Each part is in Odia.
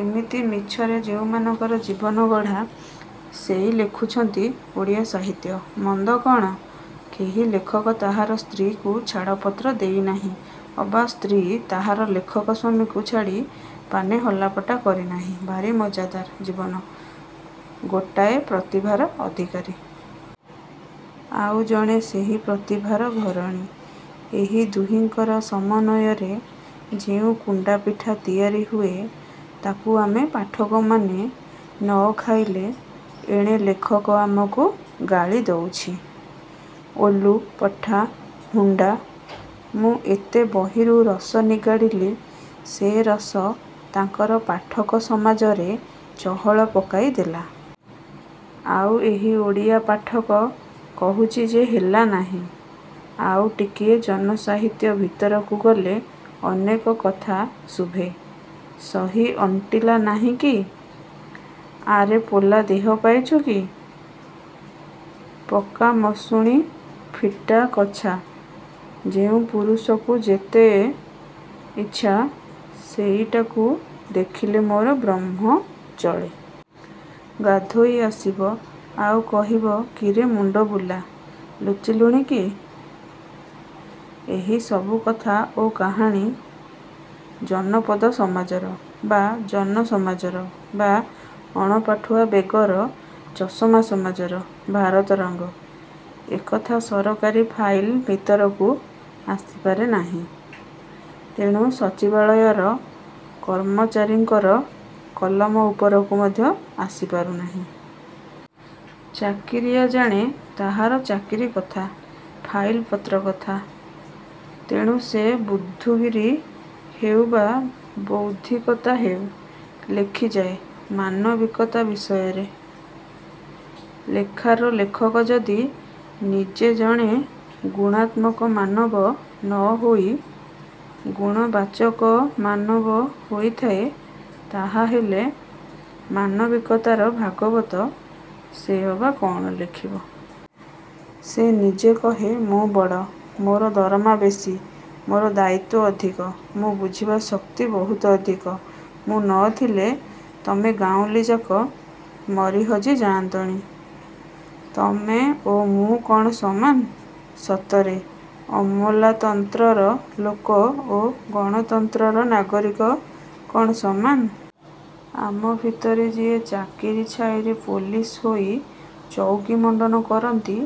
ଏମିତି ମିଛରେ ଯେଉଁମାନଙ୍କର ଜୀବନ ଗଢ଼ା ସେଇ ଲେଖୁଛନ୍ତି ଓଡ଼ିଆ ସାହିତ୍ୟ। ମନ୍ଦ କ'ଣ? କେହି ଲେଖକ ତାହାର ସ୍ତ୍ରୀ'କୁ ଛାଡ଼ପତ୍ର ଦେଇ ନାହିଁ ଅବା ସ୍ତ୍ରୀ ତାହାର ଲେଖକ ସ୍ୱାମୀକୁ ଛାଡ଼ି ପାନେ ହଲାପଟା କରିନାହିଁ। ଭାରି ମଜ୍ଜାଦାର ଜୀବନ। ଗୋଟାଏ ପ୍ରତିଭାର ଅଧିକାରୀ। ଆଉ ଜଣେ ସେହି ପ୍ରତିଭାର ଘରଣୀ। ଏହି ଦୁହିଙ୍କର ସମନ୍ୱୟରେ ଯେଉଁ କୁଣ୍ତାପିଠା ତିଆରି ହୁଏ ତା'କୁ ଆମେ ପାଠକମାନେ ନ ଖାଇଲେ ଏଣେ ଲେଖକ ଆମକୁ ଗାଳି ଦଉଛି-ଓଲୁ, ପଠା, ହୁଣ୍ତା। ମୁଁ ଏତେ ବହିରୁ ରସ ନିଗାଡ଼ିଲି। ସେ ରସ ତାଙ୍କର ପାଠକ ସମାଜରେ ଚହଳ ପକାଇ ଦେଲା। ଆଉ ଏହି ଓଡ଼ିଆପାଠକ କହୁଛି ଯେ ହେଲା ନାହିଁ। ଆଉ ଟିକିଏ ଜନ ସାହିତ୍ୟ ଭିତରକୁ ଗଲେ ଅନେକ କଥା ଶୁଭେ। ସହି ଅଣ୍ଟିଲା ନାହିଁକି? -ଆରେ ପୋଲା ଦେହ ପାଇଛୁ କି? ପକା ମଶୁଣି ଫିଟା କଛା ଯେଉଁ ପୁରୁଷକୁ ଯେତେ ଇଚ୍ଛା-ସେଇଟାକୁ ଦେଖିଲେ ମୋର ବ୍ରହ୍ମ ଚଳେ। ଗାଧୋଇ ଆସିବ ଆଉ କହିବ କିରେ ମୁଣ୍ତବୁଲା ଲୁଚିଲୁଣି କି? ଏହି ସବୁ କଥା ଓ କାହାଣୀ ଜନପଦ ସମାଜର ବା ଜନ ସମାଜର ବା ଅଣପାଠୁଆ ବେଗର ଚଷମା ସମାଜର ଭାରତରଙ୍ଗ। ଏକଥା ସରକାରୀ ଫାଇଲ ଭିତରକୁ ଆସିପାରେ ନାହିଁ। ତେଣୁ ସଚିବାଳୟର କର୍ମଚାରୀଙ୍କର କଲମ ଉପରକୁ ମଧ୍ୟ ଆସି ପାରୁନାହିଁ। ଚାକିରିଆ ଜାଣେ ତାହାର ଚାକିରି କଥା-ଫାଇଲ ପତ୍ର କଥା। ତେଣୁ ସେ ବୁଦ୍ଧୁଗିରି ହେଉ ବା ବୌଦ୍ଧିକତା ହେଉ ଲେଖିଯାଏ ମାନବିକତା ବିଷୟରେ। ଲେଖାର ଲେଖକ ଯଦି ନିଜେ ଜଣେ ଗୁଣାତ୍ମକ ମାନବ ନ ହୋଇ ଗୁଣବାଚକ ମାନବ ହୋଇଥାଏ ତାହାହେଲେ ମାନବିକତାର ଭାଗବତ ସେ ଅବା କ'ଣ ଲେଖିବ? ସେ ନିଜେ କହେ-ମୁଁ ବଡ଼। ମୋର ଦରମା ବେଶି। ମୋର ଦାୟିତ୍ୟ ଅଧିକ। ମୋର ବୁଝିବା ଶକ୍ତି ବହୁତ ଅଧିକ। ମୁଁ ନ ଥିଲେ ତମେ ଗାଉଁଲିଯାକ ମରି ହଜି ଯାଆନ୍ତଣି। ତମେ ଓ ମୁଁ କ'ଣ ସମାନ? ସତରେ ଅମଲାତନ୍ତ୍ରର ଲୋକ ଓ ଗଣତନ୍ତ୍ରର ନାଗରିକ କ'ଣ ସମାନ? ଆମ ଭିତରେ ଯିଏ ଚାକିରି ଛାଇରେ ପାଲିସ୍ ହୋଇ ଚଉକି ମଣ୍ତନ କରନ୍ତି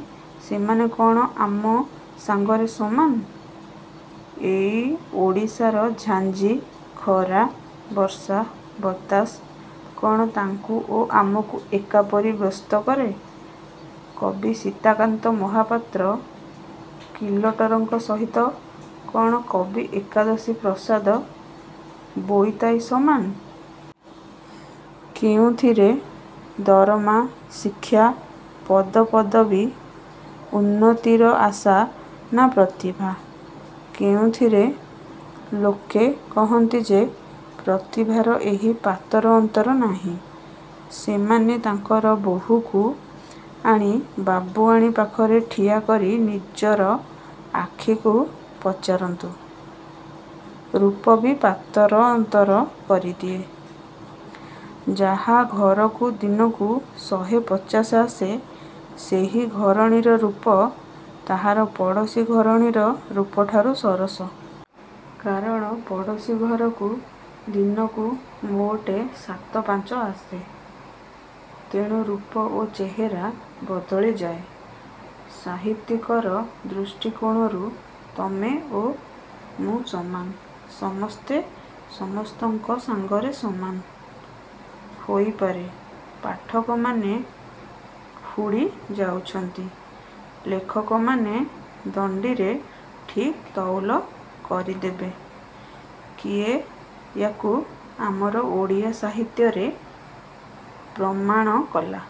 ସେମାନେ କ'ଣ ଆମ ସାଙ୍ଗରେ ସମାନ।? ଏଇ ଓଡ଼ିଶାର ଝାଞ୍ଜି, ଖରା, ବର୍ଷା, ବତାସ କ'ଣ ତାଙ୍କୁ ଓ ଆମକୁ ଏକାପରି ବ୍ୟସ୍ତ କରେ? କବି ସୀତାକାନ୍ତ ମହାପାତ୍ର କିଲଟରଙ୍କ ସହିତ କ'ଣ କବି ଏକାଦଶୀ ପ୍ରସାଦ ବୋଇତାଇ ସମାନ? କେଉଁଥିରେ? ଦରମା, ଶିକ୍ଷା, ପଦପଦବୀ, ଉନ୍ନତିର ଆଶା ନା ପ୍ରତିଭା-କେଉଁଥିରେ? ଲୋକେ କହନ୍ତି ଯେ ପ୍ରତିଭାର ଏହି ପାତର ଅନ୍ତର ନାହିଁ। ସେମାନେ ତାଙ୍କର ବୋହୂକୁ ଆଣି ବାବୁଆଣୀ ପାଖରେ ଠିଆ କରି ନିଜର ଆଖିକୁ ପଚାରନ୍ତୁ-ରୂପ ବି ପାତର ଅନ୍ତର କରିଦିଏ। ଯାହା ଘରକୁ ଦିନକୁ ଶହେ ପଚାଶ ଆସେ ସେହି ଘରଣୀର ରୂପ ତାହାର ପଡ଼ୋଶୀ ଘରଣୀର ରୂପଠାରୁ ସରସ। କାରଣ ପଡ଼ୋଶୀ ଘରକୁ ଦିନକୁ ମୋଟେ ସାତ ପାଞ୍ଚ ଆସେ। ତେଣୁ ରୂପ ଓ ଚେହେରା ବଦଳିଯାଏ। ସାହିତ୍ୟିକର ଦୃଷ୍ଟିକୋଣରୁ ତମେ ଓ ମୁଁ ସମାନ। ସମସ୍ତେ ସମସ୍ତଙ୍କ ସାଙ୍ଗରେ ସମାନ-। ହୋଇପାରେ-ପାଠକମାନେ ହୁଡ଼ି ଯାଉଛନ୍ତି। ଲେଖକମାନେ ଦଣ୍ତିରେ ଠିକ୍ ତଉଲ କରିଦେବେ-। କିଏ ୟା'କୁ ଆମର ଓଡ଼ିଆ ସାହିତ୍ୟରେ ପ୍ରମାଣ କଲା?